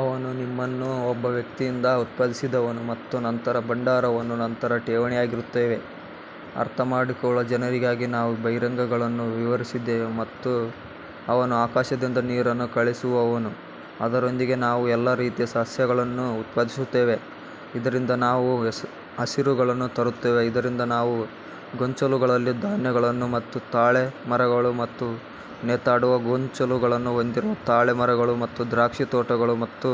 ಅವನು ನಿಮ್ಮನ್ನು ಒಬ್ಬ ವ್ಯಕ್ತಿಯಿಂದ ಉತ್ಪಾದಿಸಿದವನು ಮತ್ತು ನಂತರ ಭಂಡಾರವನ್ನು ನಂತರ ಠೇವಣಿಯಾಗಿರುತ್ತೇವೆ, ಅರ್ಥಮಾಡಿಕೊಳ್ಳುವ ಜನರಿಗಾಗಿ ನಾವು ಬಹಿರಂಗಗಳನ್ನು ವಿವರಿಸಿದ್ದೇವೆ. ಮತ್ತು ಅವನು ಆಕಾಶದಿಂದ ನೀರನ್ನು ಕಳುಹಿಸುವವನು ಅದರೊಂದಿಗೆ ನಾವು ಎಲ್ಲಾ ರೀತಿಯ ಸಸ್ಯಗಳನ್ನು ಉತ್ಪಾದಿಸುತ್ತೇವೆ ಇದರಿಂದ ನಾವು ಹಸಿರುಗಳನ್ನು ತರುತ್ತೇವೆ ಇದರಿಂದ ನಾವು ಗೊಂಚಲುಗಳಲ್ಲಿ ಧಾನ್ಯಗಳನ್ನು ಮತ್ತು ತಾಳೆ ಮರಗಳು ಮತ್ತು ನೇತಾಡುವ ಗೊಂಚಲುಗಳನ್ನು ಹೊಂದಿರುವ ತಾಳೆ ಮರಗಳು ಮತ್ತು ದ್ರಾಕ್ಷಿತೋಟಗಳು ಮತ್ತು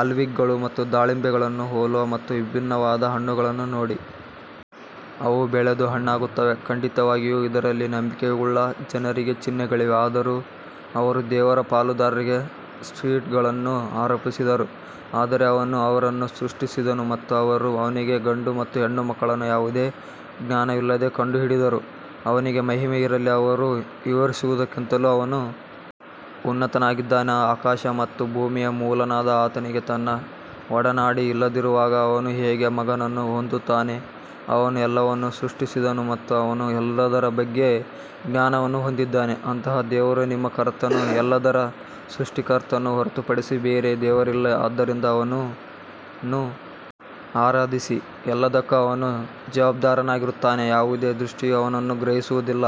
ಆಲಿವ್ಗಳು ಮತ್ತು ದಾಳಿಂಬೆಗಳನ್ನು ಹೋಲುವ ಮತ್ತು ವಿಭಿನ್ನವಾದ ಹಣ್ಣುಗಳನ್ನು ನೋಡಿ. ಅವು ಬೆಳೆದು ಹಣ್ಣಾಗುತ್ತವೆ ಖಂಡಿತವಾಗಿಯೂ ಇದರಲ್ಲಿ ನಂಬಿಕೆಯುಳ್ಳ ಜನರಿಗೆ ಚಿಹ್ನೆಗಳಿವೆ ಆದರೂ ಅವರು ದೇವರ ಪಾಲುದಾರರಿಗೆ ಸ್ಪ್ರಿಟ್ಗಳನ್ನು ಆರೋಪಿಸಿದರು, ಆದರೆ ಅವನು ಅವರನ್ನು ಸೃಷ್ಟಿಸಿದನು ಮತ್ತು ಅವರು ಅವನಿಗೆ ಗಂಡು ಮತ್ತು ಹೆಣ್ಣುಮಕ್ಕಳನ್ನು ಯಾವುದೇ ಜ್ಞಾನವಿಲ್ಲದೆ ಕಂಡುಹಿಡಿದರು, ಅವನಿಗೆ ಮಹಿಮೆ ಇರಲಿ, ಅವರು ವಿವರಿಸುವುದಕ್ಕಿಂತಲೂ ಅವನು ಉನ್ನತನಾಗಿದ್ದಾನೆ ಆಕಾಶ ಮತ್ತು ಭೂಮಿಯ ಮೂಲನಾದ ಆತನಿಗೆ ತನ್ನ ಒಡನಾಡಿ ಇಲ್ಲದಿರುವಾಗ ಅವನು ಹೇಗೆ ಮಗನನ್ನು ಹೊಂದುತ್ತಾನೆ, ಅವನು ಎಲ್ಲವನ್ನೂ ಸೃಷ್ಟಿಸಿದನು ಮತ್ತು ಅವನು ಎಲ್ಲದರ ಬಗ್ಗೆ ಜ್ಞಾನವನ್ನು ಹೊಂದಿದ್ದಾನೆ ಅಂತಹ ದೇವರು ನಿಮ್ಮ ಕರ್ತನು ಎಲ್ಲದರ ಸೃಷ್ಟಿಕರ್ತನನ್ನು ಹೊರತುಪಡಿಸಿ ಬೇರೆ ದೇವರಿಲ್ಲ ಆದ್ದರಿಂದ ಅವನನ್ನು ಆರಾಧಿಸಿ ಎಲ್ಲದಕ್ಕೂ ಅವನು ಜವಾಬ್ದಾರನಾಗಿರುತ್ತಾನೆ ಯಾವುದೇ ದೃಷ್ಟಿಯು ಅವನನ್ನು ಗ್ರಹಿಸುವುದಿಲ್ಲ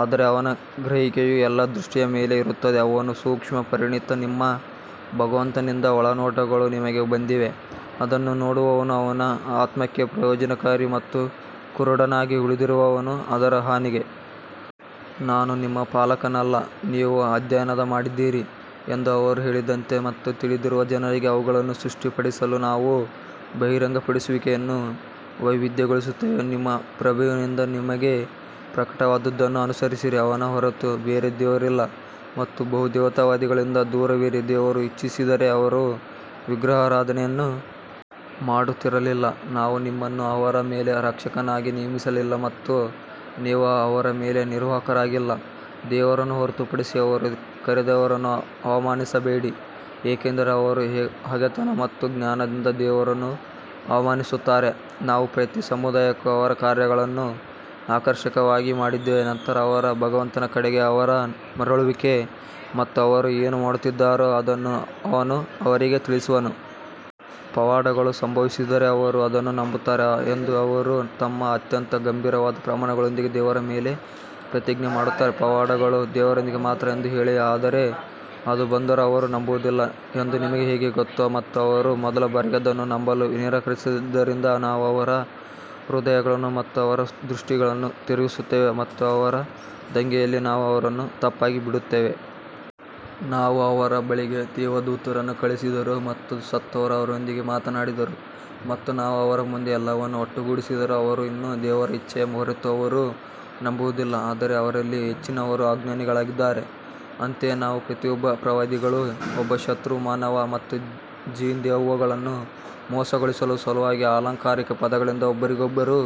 ಆದರೆ ಅವನ ಗ್ರಹಿಕೆಯು ಎಲ್ಲಾ ದೃಷ್ಟಿಯ ಮೇಲೆ ಇರುತ್ತದೆ ಅವನು ಸೂಕ್ಷ್ಮ ಪರಿಣಿತ ನಿಮ್ಮ ಭಗವಂತನಿಂದ ಒಳನೋಟಗಳು ನಿಮಗೆ ಬಂದಿವೆ, ಅದನ್ನು ನೋಡುವವನು ಅವನ ಆತ್ಮಕ್ಕೆ ಪ್ರಯೋಜನಕಾರಿ ಮತ್ತು ಕುರುಡನಾಗಿ ಉಳಿದಿರುವವನು ಅದರ ಹಾನಿಗೆ ನಾನು ನಿಮ್ಮ ಪಾಲಕನಲ್ಲ ನೀವು ಅಧ್ಯಯನ ಮಾಡಿದ್ದೀರಿ ಎಂದು ಅವರು ಹೇಳದಂತೆ ಮತ್ತು ತಿಳಿದಿರುವ ಜನರಿಗೆ ಅವುಗಳನ್ನು ಸ್ಪಷ್ಟಪಡಿಸಲು ನಾವು ಬಹಿರಂಗಪಡಿಸುವಿಕೆಯನ್ನು ವೈವಿಧ್ಯಗೊಳಿಸುತ್ತೇವೆ ನಿಮ್ಮ ಪ್ರಭುವಿನಿಂದ ನಿಮಗೆ ಪ್ರಕಟವಾದದ್ದನ್ನು ಅನುಸರಿಸಿ, ಅವನ ಹೊರತು ಬೇರೆ ದೇವರಿಲ್ಲ ಮತ್ತು ಬಹುದೇವತಾವಾದಿಗಳಿಂದ ದೂರವಿರಿ ದೇವರು ಇಚ್ಛಿಸಿದ್ದರೆ ಅವರು ವಿಗ್ರಹಾರಾಧನೆಯನ್ನು ಮಾಡುತ್ತಿರಲಿಲ್ಲ, ನಾವು ನಿಮ್ಮನ್ನು ಅವರ ಮೇಲೆ ರಕ್ಷಕನಾಗಿ ನೇಮಿಸಲಿಲ್ಲ ಮತ್ತು ನೀವು ಅವರ ಮೇಲೆ ನಿರ್ವಾಹಕರಾಗಿಲ್ಲ ದೇವರನ್ನು ಹೊರತುಪಡಿಸಿ ಅವರು ಕರೆದವರನ್ನು ಅವಮಾನಿಸಬೇಡಿ, ಏಕೆಂದರೆ ಅವರು ಹಗೆತನ ಮತ್ತು ಅಜ್ಞಾನದಿಂದ ದೇವರನ್ನು ಅವಮಾನಿಸುತ್ತಾರೆ, ನಾವು ಪ್ರತಿ ಸಮುದಾಯಕ್ಕೂ ಅವರ ಕಾರ್ಯಗಳನ್ನು ಆಕರ್ಷಕವಾಗಿ ಮಾಡಿದ್ದೇವೆ ನಂತರ ಅವರ ಭಗವಂತನ ಕಡೆಗೆ ಅವರ ಮರಳುವಿಕೆ ಮತ್ತು ಅವರು ಏನು ಮಾಡುತ್ತಿದ್ದಾರೋ ಅದನ್ನು ಅವನು ಅವರಿಗೆ ತಿಳಿಸುವನು. ಪವಾಡಗಳು ಸಂಭವಿಸಿದರೆ ಅವರು ಅದನ್ನು ನಂಬುತ್ತಾರೆ ಎಂದು ಅವರು ತಮ್ಮ ಅತ್ಯಂತ ಗಂಭೀರವಾದ ಪ್ರಮಾಣಗಳೊಂದಿಗೆ ದೇವರ ಮೇಲೆ ಪ್ರತಿಜ್ಞೆ ಮಾಡುತ್ತಾರೆ, ಪವಾಡಗಳು ದೇವರೊಂದಿಗೆ ಮಾತ್ರ ಎಂದು ಹೇಳಿ ಆದರೆ ಅದು ಬಂದರೂ ಅವರು ನಂಬುವುದಿಲ್ಲ ಎಂದು ನಿಮಗೆ ಹೇಗೆ ಗೊತ್ತು ಮತ್ತು ಅವರು ಮೊದಲ ಬಾರಿಗೆ ಅದನ್ನು ನಂಬಲು ನಿರಾಕರಿಸಿದ್ದರಿಂದ ನಾವು ಅವರ ಹೃದಯಗಳನ್ನು ಮತ್ತು ಅವರ ದೃಷ್ಟಿಗಳನ್ನು ತಿರುಗಿಸುತ್ತೇವೆ ಮತ್ತು ಅವರ ದಂಗೆಯಲ್ಲಿ ನಾವು ಅವರನ್ನು ತಪ್ಪಾಗಿ ಬಿಡುತ್ತೇವೆ. ನಾವು ಅವರ ಬಳಿಗೆ ದೇವದೂತರನ್ನು ಕಳುಹಿಸಿದರೂ ಮತ್ತು ಸತ್ತವರು ಅವರೊಂದಿಗೆ ಮಾತನಾಡಿದರೂ ಮತ್ತು ನಾವು ಅವರ ಮುಂದೆ ಎಲ್ಲವನ್ನು ಒಟ್ಟುಗೂಡಿಸಿದರೂ ಅವರು ಇನ್ನೂ ದೇವರ ಇಚ್ಛೆಯ ಹೊರತು ಅವರು ನಂಬುವುದಿಲ್ಲ ಆದರೆ ಅವರಲ್ಲಿ ಹೆಚ್ಚಿನವರು ಅಜ್ಞಾನಿಗಳಾಗಿದ್ದಾರೆ. ಅಂತೆಯೇ ನಾವು ಪ್ರತಿಯೊಬ್ಬ ಪ್ರವಾದಿಗಳಿಗೂ ಒಬ್ಬ ಶತ್ರು ಮಾನವ ಮತ್ತು ಜಿನ್ ದೆವ್ವಗಳನ್ನು ಮೋಸಗೊಳಿಸುವ ಸಲುವಾಗಿ ಅಲಂಕಾರಿಕ ಪದಗಳಿಂದ ಒಬ್ಬರಿಗೊಬ್ಬರು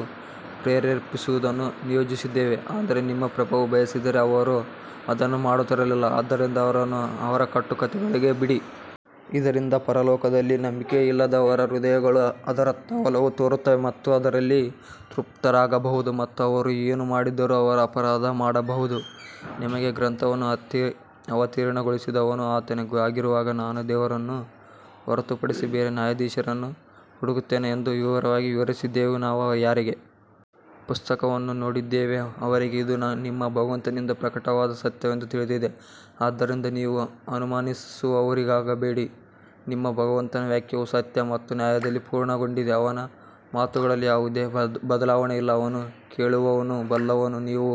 ಪ್ರೇರೇಪಿಸುವುದನ್ನು ನಿಯೋಜಿಸಿದ್ದೇವೆ ಆದರೆ ನಿಮ್ಮ ಪ್ರಭುವು ಬಯಸಿದ್ದರೆ ಅವರು ಅದನ್ನು ಮಾಡುತ್ತಿರಲಿಲ್ಲ ಆದ್ದರಿಂದ ಅವರನ್ನು ಅವರ ಕಟ್ಟುಕಥೆಗಳಿಗೆ ಬಿಡಿ. ಇದರಿಂದ ಪರಲೋಕದಲ್ಲಿ ನಂಬಿಕೆಯಿಲ್ಲದವರ ಹೃದಯಗಳು ಅದರತ್ತ ಒಲವು ತೋರುತ್ತವೆ ಮತ್ತು ಅದರಲ್ಲಿ ತೃಪ್ತರಾಗಬಹುದು ಮತ್ತು ಅವರು ಏನು ಮಾಡಿದರೂ ಅವರು ಅಪರಾಧ ಮಾಡಬಹುದು. ನಿಮಗೆ ಗ್ರಂಥವನ್ನು ಅವತೀರ್ಣಗೊಳಿಸಿದವನು ಆತನೇ ಆಗಿರುವಾಗ ನಾನು ದೇವರನ್ನು ಹೊರತುಪಡಿಸಿ ಬೇರೆ ನ್ಯಾಯಾಧೀಶರನ್ನು ಹುಡುಕುತ್ತೇನೆಯೇ ಎಂದು ವಿವರವಾಗಿ ವಿವರಿಸಿದೆವು ನಾವು ಯಾರಿಗೆ ಪುಸ್ತಕವನ್ನು ನೀಡಿದ್ದೇವೆಯೋ ಅವರಿಗೆ ಇದು ನಿಮ್ಮ ಭಗವಂತನಿಂದ ಪ್ರಕಟವಾದ ಸತ್ಯವೆಂದು ತಿಳಿದಿದೆ ಆದ್ದರಿಂದ ನೀವು ಅನುಮಾನಿಸುವವರಾಗಬೇಡಿ ನಿಮ್ಮ ಭಗವಂತನ ವಾಕ್ಯವು ಸತ್ಯ ಮತ್ತು ನ್ಯಾಯದಲ್ಲಿ ಪೂರ್ಣಗೊಂಡಿದೆ, ಅವನ ಮಾತುಗಳಲ್ಲಿ ಯಾವುದೇ ಬದಲಾವಣೆಯಿಲ್ಲ, ಅವನು ಕೇಳುವವನು ಬಲ್ಲವನು ನೀವು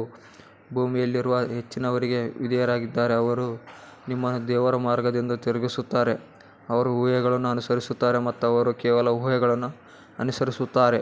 ಭೂಮಿಯಲ್ಲಿರುವ ಹೆಚ್ಚಿನವರಿಗೆ ವಿಧೇಯರಾಗಿದ್ದರೆ ಅವರು ನಿಮ್ಮನ್ನು ದೇವರ ಮಾರ್ಗದಿಂದ ತಿರುಗಿಸುತ್ತಾರೆ, ಅವರು ಊಹೆಗಳನ್ನು ಅನುಸರಿಸುತ್ತಾರೆ ಮತ್ತು ಅವರು ಕೇವಲ ಊಹೆಗಳನ್ನು ಅನುಸರಿಸುತ್ತಾರೆ.